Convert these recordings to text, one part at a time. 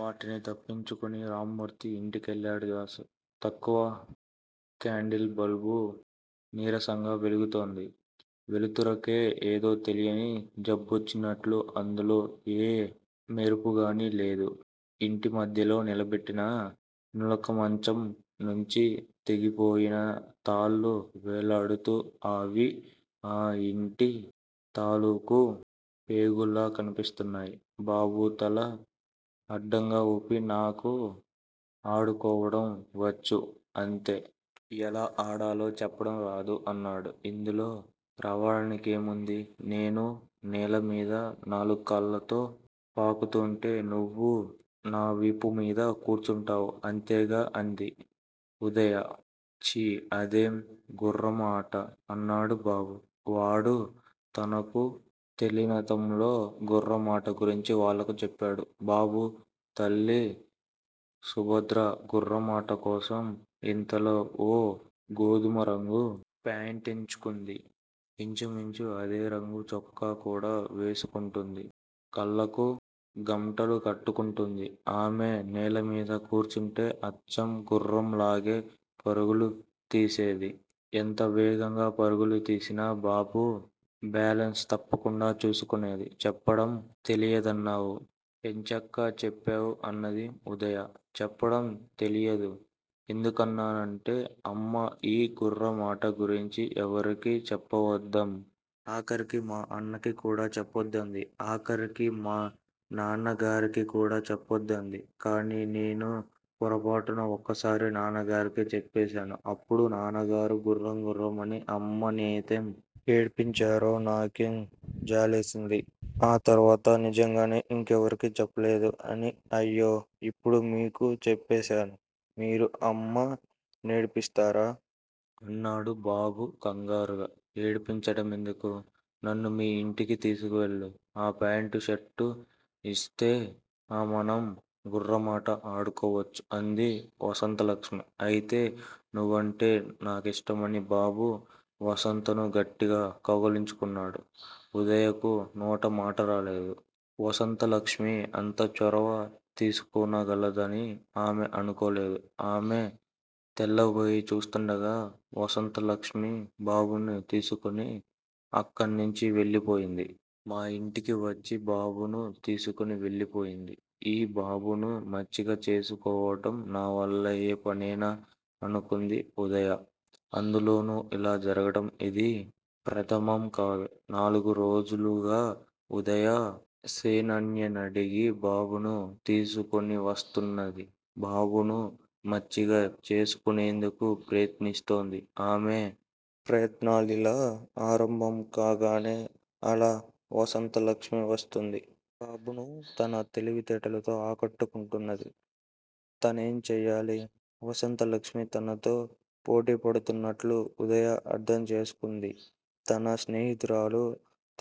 వాటిని తప్పించుకుని రామ్మూర్తి ఇంటికెళ్ళాడు దాసు. తక్కువ క్యాండిల్ బల్బు నీరసంగా వెలుగుతోంది. వెలుతురికే ఏదో తెలియని జబ్బొచ్చినట్లు అందులో ఏ మెరుపుగానీ లేదు. ఇంటిమధ్యలో నిలబెట్టిన నులకమంచం నుంచి తెగిపోయిన తాళ్లు వేలాడుతూ అ వి ఆ ఇంటి తాలుకూ పేగుల్లా కనిపిస్తున్నాయి. బాబు తల అడ్డంగాఊపి నాకు ఆడుకోవడం వచ్చు అంతే! ఎలా ఆడాలో చెప్పడంరాదు అన్నాడు. ఇందులో రావడానికేముంది? నేను నేలమీద నాలుగుకాళ్ళతో పాకుతూంటే నువ్వు నావీపుమీద కూర్చుంటావు. అంతేగా? అంది. ఉదయ. ఛీ అదేం గుఱ్ఱం అట అన్నాడు బాబు. వాడు తనకు తెలినతంలో గుఱ్ఱం అట గురించి వాళ్ళకు చెప్పాడు. బాబు తల్లి సుభద్ర గుఱ్ఱం అట కోసం ఇంతలో ఓ గోధుమరంగు ప్యాంటుంచుకుంది. ఇంచుమించు అదే రంగు చొక్కాకూడా వేసుకుంటుంది. కళ్ళకు గంటలు కట్టుకుంటుంది. ఆమె నేలమీద కూర్చుంటే అచ్చం గుఱ్ఱం లాగే పరుగులు తీసేది. ఎంత వేగంగా పరుగులు తీసినా బాబు బ్యాలెన్సు తపకుమ్డా చూసుకునేది. చెప్పడం తెలియదన్నావు. ఎంచక్కా చెప్పావు అన్నది ఉదయ. చెప్పడం తెలియదు ఎందుకన్నానంటే అమ్మ ఈ గుఱ్ఱం అట గురించి ఎవరికీ చెప్పావద్ద. ఆఖరికి మా అన్నకికూడా చెప్పద్దంది. ఆఖరికి మా నన్నగరిఉకికూడా చెప్పద్దంది. కానీ నేను పొరపాటున ఒకసారి నాన్నగారికి చెప్పేశాను. అప్పుడు నాన్నగారు గుఱ్ఱం గుఱ్ఱం అని అమ్మనేతం ఏడిపించారో నాకెం జాలేసింది. ఆ తర్వాత నిజంగానే ఇంకెవ్వరికీ చెప్పలేదు అని అయ్యో ఇప్పుడు మీకు చెప్పేశా మీరు అమ్మ నేడిపిస్తారా? ఆన్నాడు. బాబు కంగారుగా. ఏడిపించడంమెందుకు? నన్ను మీ యింటికి తీసుకువెళ్ళు ఆపాంటూ షర్టూ ఇస్తే అమనం గుఱ్ఱమాట అడుకోవచ్చు అంది వసంతలక్ష్మి. అయితే నువ్వుంటే నాకిష్టం అని బాబు వసంతను గట్టిగా కౌగలించుకున్నాడు. ఉదయకు నోటమటారాలేదు. వసంతలక్ష్మిఅంత చొరవ తీసుకునగలదని ఆమె అనుకోలేదు. ఆమె తెల్లబోయి చూస్తుండగా వసంతలక్ష్మి బాబును తీసుకుని అక్కణ్ణుంచి వెళ్ళిపోయింది. మా యింటికివచ్చి బాబును తీసుకుని వెళ్ళిపోయింది. ఈ బాబును మచ్చిక చేసుకోవడం నవల్లయ్యే పనేనా? అనుకుంది. ఉదయ. అందులోనూ ఇలా జరగడం ఇది ప్రథమంకాదు. నాలుగు రోజులుగా ఉదయ శేనయ్యనడిగి బాబును తీసుకునివస్తున్నది. బాబును మచ్చిక చేసుకునేందుకు ప్రయత్నిస్తోంది. ఆమె ప్రయత్నలిలా ఆరంభంకాగానే అల వసంతలక్ష్మి వస్తుంది. బాబును తన తెలివితేటలతో ఆకట్టుకుంటున్నది. తనెంచేయాలి? వసంతలక్ష్మి తనతో పోటీపడుతున్నట్లు ఉదయ అర్ధంచేసుకుంది. తన స్నేహితురాలు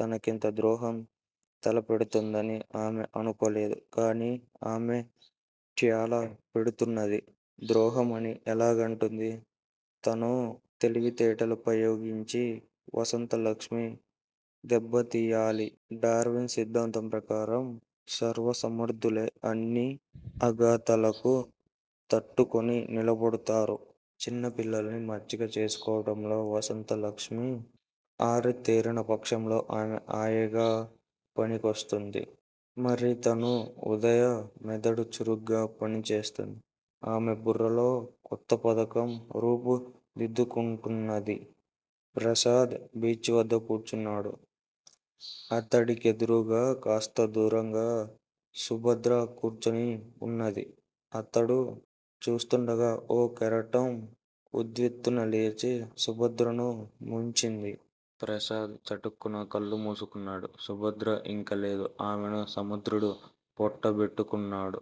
తనకింత ద్రోహం తలపెడుతుందని ఆమె అనుకోలేదు. కానీ ఆమె ట్యాల పెడుతున్నది. ద్రోహమని ఎలాగంటుంది? తనూ తెలివితేటలుపయోగించి వసంతలక్ష్మి దెబ్బతీయాలి డార్వీన్ సిద్దాంతం ప్రకారం సర్వసమర్ధులే అన్ని అఘాతలకూ తట్టుకుని నిలబడతారు. చిన్నపిల్లల్ని మచ్చిక చేసుకోవడంలో వసంతలక్ష్మి అరితేరినపక్షంలో ఆమె ఆయాగా పనికివస్తుంది. మరితను ఉదయ మెదడు చురుగ్గా పనిచేస్తున్న. ఆమె బుర్రలో కొత్తపథకం రూపు దిద్దుకుంటున్నది. ప్రసాద్ బీచివద్ద కూర్చున్నాడు. అతడి కెదురుగా కాస్త దూరంగా సుభద్ర కూర్చుని ఉన్నది. అతడు చూస్తుండగా ఓ కెరటం ఉధ్విత్తునలేచి సుభద్రను ముంచింది. ప్రసాద్ చటుక్కున కళ్ళు మూసుకున్నాడు. సుభద్ర ఇంకలేదు. ఆమెను సముద్రుడు పొట్టబెట్టుకున్నాడు.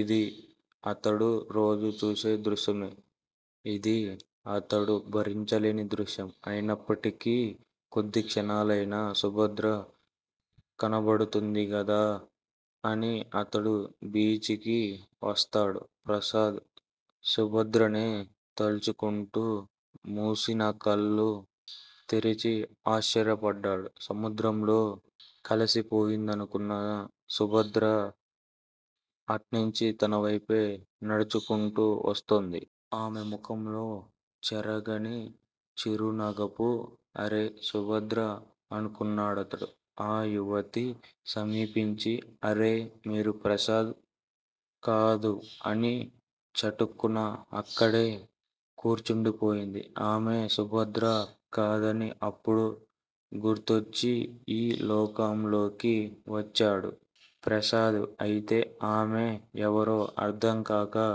ఇది అతడు రోజూ చూసే దృశ్యమే! ఇది అతడు భరించలేని దృశ్యం అయినప్పుటికి కొద్దిక్షణాలైనా సుభద్ర కనబడుతుందిగదా అని అతడు బీచికి వస్తాడు. ప్రసాదు సుభద్రనే తల్చుకుంటూ మూసినకళ్ళు తెరచి ఆశ్చర్యపడ్డాడు. సముద్రంలో కలసిపోయిందనుకున్న సుభద్ర అట్నించి తనవైపే నడుచుకుంటూ వస్తున్నది. ఆమె ముఖంలో చెరగని చిరునగపు అరే సుభద్ర అనుకున్నాడతడు. ఆ యువతి సమీపించి __ అరే __ మీరు ప్రసాద్ కదూ అని చటుక్కున అక్కడే కూర్చుండిపోయింది. ఆమె సుభద్ర కాదని అప్పుడు గుర్తించి ఈ లోకంలోకి వచ్చాడు. ప్రసాదు అయితే ఆమె ఎవరో అర్ధంకాక